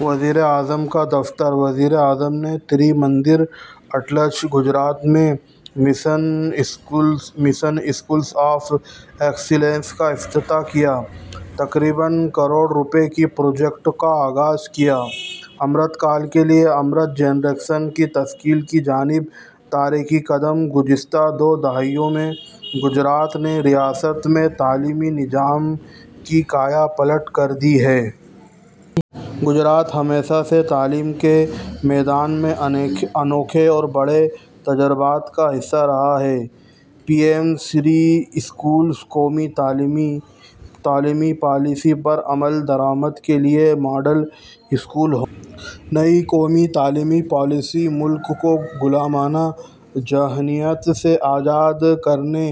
وزیراعظم کا دفتر وزیر اعظم نے تری مندر، اڈلج، گجرات میں مشن اسکولز آف ایکسیلنس کا افتتاح کیا۔ تقریباً کروڑ روپے کے پروجیکٹوں کا آغاز کیا۔ امرت کال کے لیے امرت جنریشن کی تشکیل کی جانب ایک تاریخی قدم گزشتہ دو دہائیوں میں گجرات نے ریاست میں تعلیمی نظام کی کایا پلٹ کر دی ہے۔ گجرات ہمیشہ سے تعلیم کے میدان میں انوکھے اور بڑے تجربات کا حصہ رہا ہے۔ پی ایم- شری اسکولز قومی تعلیمی پالیسی پر عمل درآمد کے لیے ماڈل اسکول ہوں گے۔ نئی قومی تعلیمی پالیسی ملک کو غلامانہ ذہنیت سے آزاد کرنے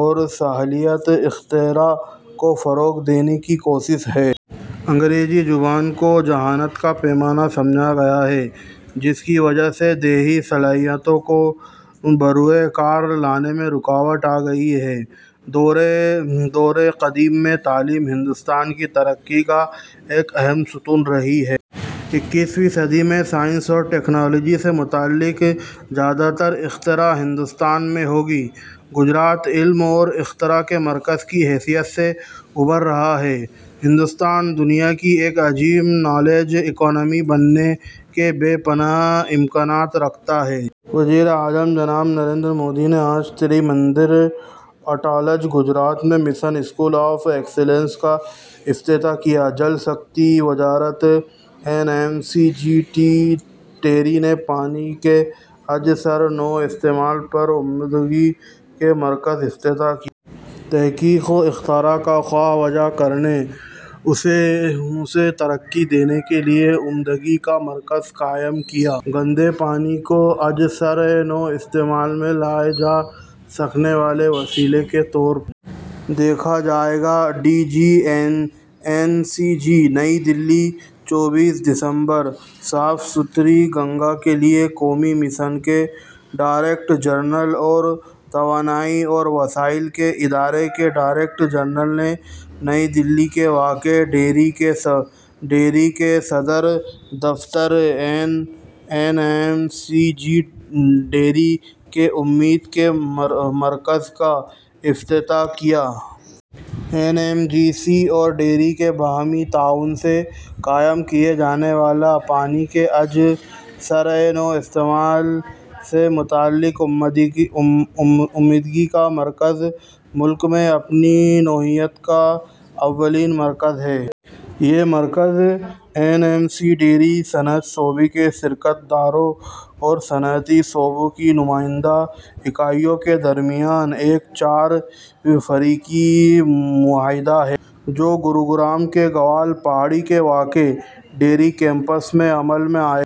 اور صلاحیت اور اختراع کو فروغ دینے کی کوشش ہے۔ انگریزی زبان کو ذہانت کا پیمانہ سمجھا گیا، جس کی وجہ سے دیہی صلاحیتوں کو بروئے کار لانے میں رکاوٹ آگئی۔ دورِ قدیم سے تعلیم ہندوستان کی ترقی کا اہم ستون رہی ہے۔ اکیسویں صدی میں سائنس اور ٹیکنالوجی سے متعلق زیادہ تر اختراع ہندوستان میں ہوگی۔ گجرات علم اور اختراع کے مرکز کی حیثیت سے ابھر رہا ہے۔ ہندوستان دنیا کی ایک عظیم نالج اکانومی بننے کے بے پناہ امکانات رکھتا ہے۔ وزیر اعظم جناب نریندر مودی نے آج تری مندر، اڈلج، گجرات میں مشن اسکول آف ایکسیلنس کا افتتاح کیا۔ جل شکتی وزارت این ایم سی جی اور ٹیری نے پانی کے ازسرِ نو استعمال پر عمدگی کے مرکز کا افتتاح کیا۔ تحقیق و اختراع کا خاکہ وضع کرنے اور اسے ترقی دینے کے لیے عمدگی کا مرکز قائم کیا۔ گندے پانی کو ازسرِ نو استعمال میں لائے جا سکنے والے وسیلے کے طور پر دیکھا جائے گا: D G, N M C G نئی دہلی، چوبیس دسمبر: صاف ستھری گنگا کے لیے قومی مشن کے ڈائریکٹر جنرل اور توانائی اور وسائل کے ادارے کے ڈائریکٹر جنرل نے نئی دہلی میں واقع ٹیری کے صدر دفاتر میں این ایم سی جی-ٹیری کے عمدگی کے مرکز کا افتتاح کیا۔ این ایم سی جی اور ٹیری کے باہمی تعاون سے قائم کیا جانے والا پانی کے ازسرِ نو استعمال سے متعلق عمدگی کا یہ مرکز ملک میں اپنی نوعیت کا اولین مرکز ہے۔ یہ مرکز N M C G, TERI, صنعتی شعبے کے شراکت داروں اور صنعتی شعبے کی نمائندہ اکائیوں کے درمیان ایک چار فریقی معاہدہ ہے، جو گروگرام میں گوال پہاڑی میں واقع ٹیری کیمپس میں عمل میں آئے گا۔